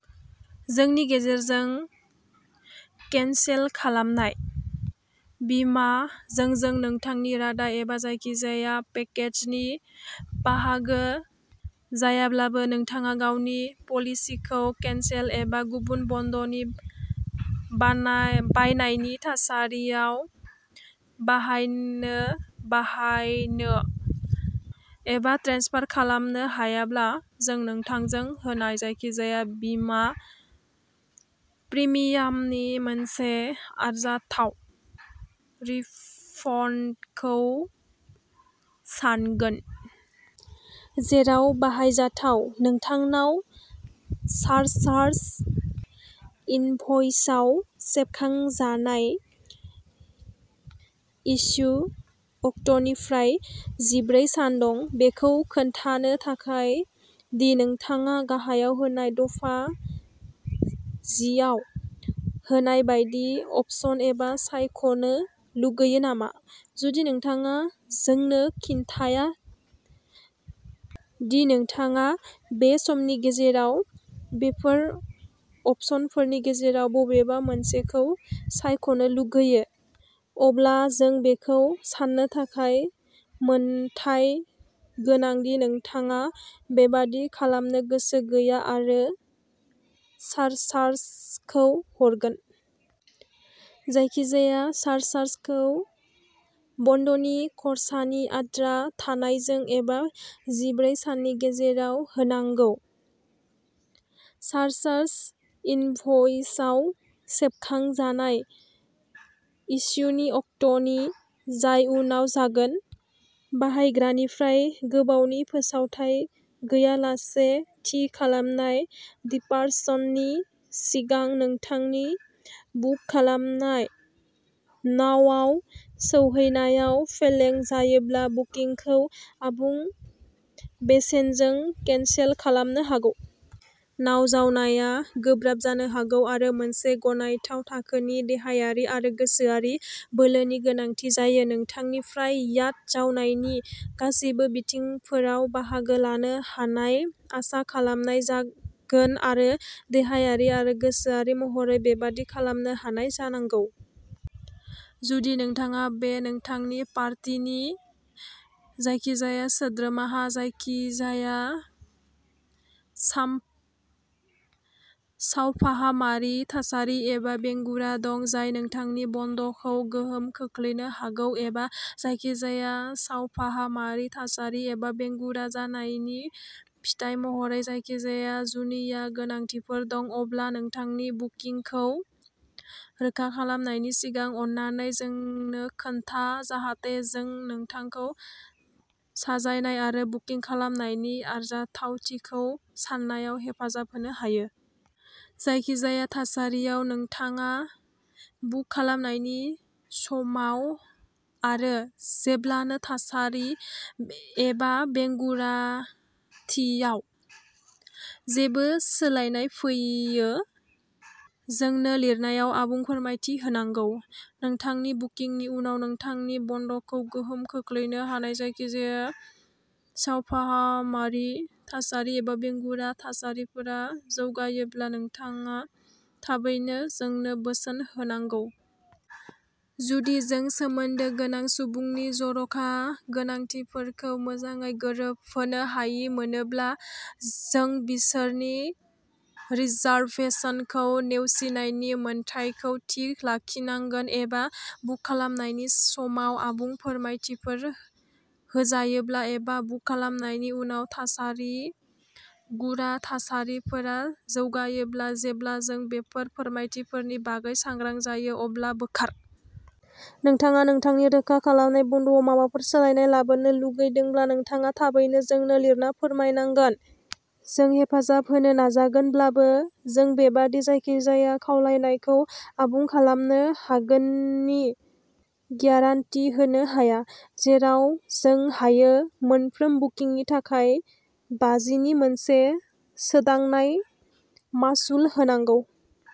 जोंनि गेजेरजों केनसेल खालामनाय। बीमा जोंजों नोंथांनि रादाय एबा जायखिजाया पेकेजनि बाहागो जायाब्लाबो, नोंथाङा गावनि पलिसिखौ केनसेल एबा गुबुन बन्दनि बायनायनि थासारियाव बाहायनो बाहायनो एबा ट्रेन्सफार खालामनो हायाब्ला जों नोंथांजों होनाय जायखिजाया बीमा प्रिमियामनि मोनसे आरजाथाव रिफन्डखौ सानगोन। जेराव बाहायजाथाव, नोंथांनाव सारचार्ज इनभ'इसआव सेबखांजानाय इस्यू अक्टनिफ्राय जिब्रै सान दं, बेखौ खोन्थानो थाखाय दि नोंथाङा गाहायाव होनाय दफा जिआव होनाय बायदि अपसन एबा सायख'नो लुगैयो नामा। जुदि नोंथाङा जोंनो खिन्थिया दि नोंथाङा बे समनि गेजेराव बेफोर अपसनफोरनि गेजेराव बबेबा मोनसेखौ सायख'नो लुगैयो, अब्ला जों बेखौ सान्नो थाखाय मोनथाय गोनां दि नोंथाङा बेबादि खालामनो गोसो गैया आरो सारचार्जखौ हरगोन। जायखिजाया सारचार्जखौ बन्दनि खरसानि आद्रा थानायजों एबा जिब्रै साननि गेजेराव होनांगौ। सारचार्ज इनभ'इसआव सेबखांजानाय इस्यूनि अक्ट'नि, जाय उनाव जागोन। बाहायग्रानिफ्राय गोबावनि फोसावथाइ गैयालासे थि खालामनाय दिपार्चननि सिगां नोंथांनि बुक खालामनाय नावआव सौहैनायाव फेलें जायोब्ला बुकिंखौ आबुं बेसेनजों केनसेल खालामनो हागौ। नाव जावनाया गोब्राब जानो हागौ आरो मोनसे गनायथाव थाखोनि देहायारि आरो गोसोआरि बोलोनि गोनांथि जायो। नोंथांनिफ्राय याट जावनायनि गासैबो बिथिंफोराव बाहागो लानो हानाय आसा खालामनाय जागोन आरो देहायारि आरो गोसोआरि महरै बेबादि खालामनो हानाय जानांगौ। जुदि नोंथाङा एबा नोंथांनि पार्टीनि जायखिजाया सोद्रोमाहा जायखिजाया सावफाहामारि थासारि एबा बेंगुरा दं जाय नोंथांनि बन्द'खौ गोहोम खोख्लैनो हागौ एबा जायखिजाया सावफाहामारि थासारि एबा बेंगुरा जानायनि फिथाय महरै जायखिजाया जुनिया गोनांथिफोर दं, अब्ला नोंथांनि बुकिंखौ रोखा खालामनायनि सिगां अन्नानै जोंनो खोन्था जाहाथे जों नोंथांखौ साजायनाय आरो बुकिं खालामनायनि आरजाथावथिखौ सान्नायाव हेफाजाब होनो हायो। जायखिजाया थासारियाव, नोंथाङा बुक खालामनायनि समाव आरो जेब्लानो थासारि एबा बेंगुराथियाव जेबो सोलायनाय फैयो, जोंनो लिरनायाव आबुं फोरमायथि होनांगौ। नोंथांनि बुकिंनि उनाव नोंथांनि बन्द'खौ गोहोम खोख्लैनो हानाय जायखिजाया सावफाहामारि थासारि एबा बेंगुरा थासारिफोरा जौगायोब्ला नोंथाङा थाबैनो जोंनो बोसोन होनांगौ। जुदि जों सोमोन्दो गोनां सुबुंनि जर'खा गोनांथिफोरखौ मोजाङै गोरोबहोनो हायि मोनोब्ला, जों बिसोरनि रिजार्भेसनखौ नेवसिनायनि मोन्थाइखौ थि लाखिनांगोन एबा, बुक खालामनायनि समाव आबुं फोरमायथिफोर होजायाब्ला एबा बुक खालामनायनि उनाव थासारि गुरा थासारिफोरा जौगायोब्ला, जेब्ला जों बेफोर फोरमायथिफोरनि बागै सांग्रां जायो, अब्ला बोखार। नोंथाङा नोंथांनि रोखा खालामनाय बन्द'आव माबाफोर सोलायनाय लाबोनो लुबैदोंब्ला, नोंथाङा थाबैनो जोंनो लिरना फोरमायनांगोन। जों हेफाजाब होनो नाजागोनब्लाबो, जों बेबादि जायखिजाया खावलायनायखौ आबुं खालामनो हागोननि ग्यारान्टि होनो हाया। जेराव जों हायो, मोनफ्रोम बुकिंनि थाखाय बाजिनि मोनसे सोदांनाय मासुल होनांगौ।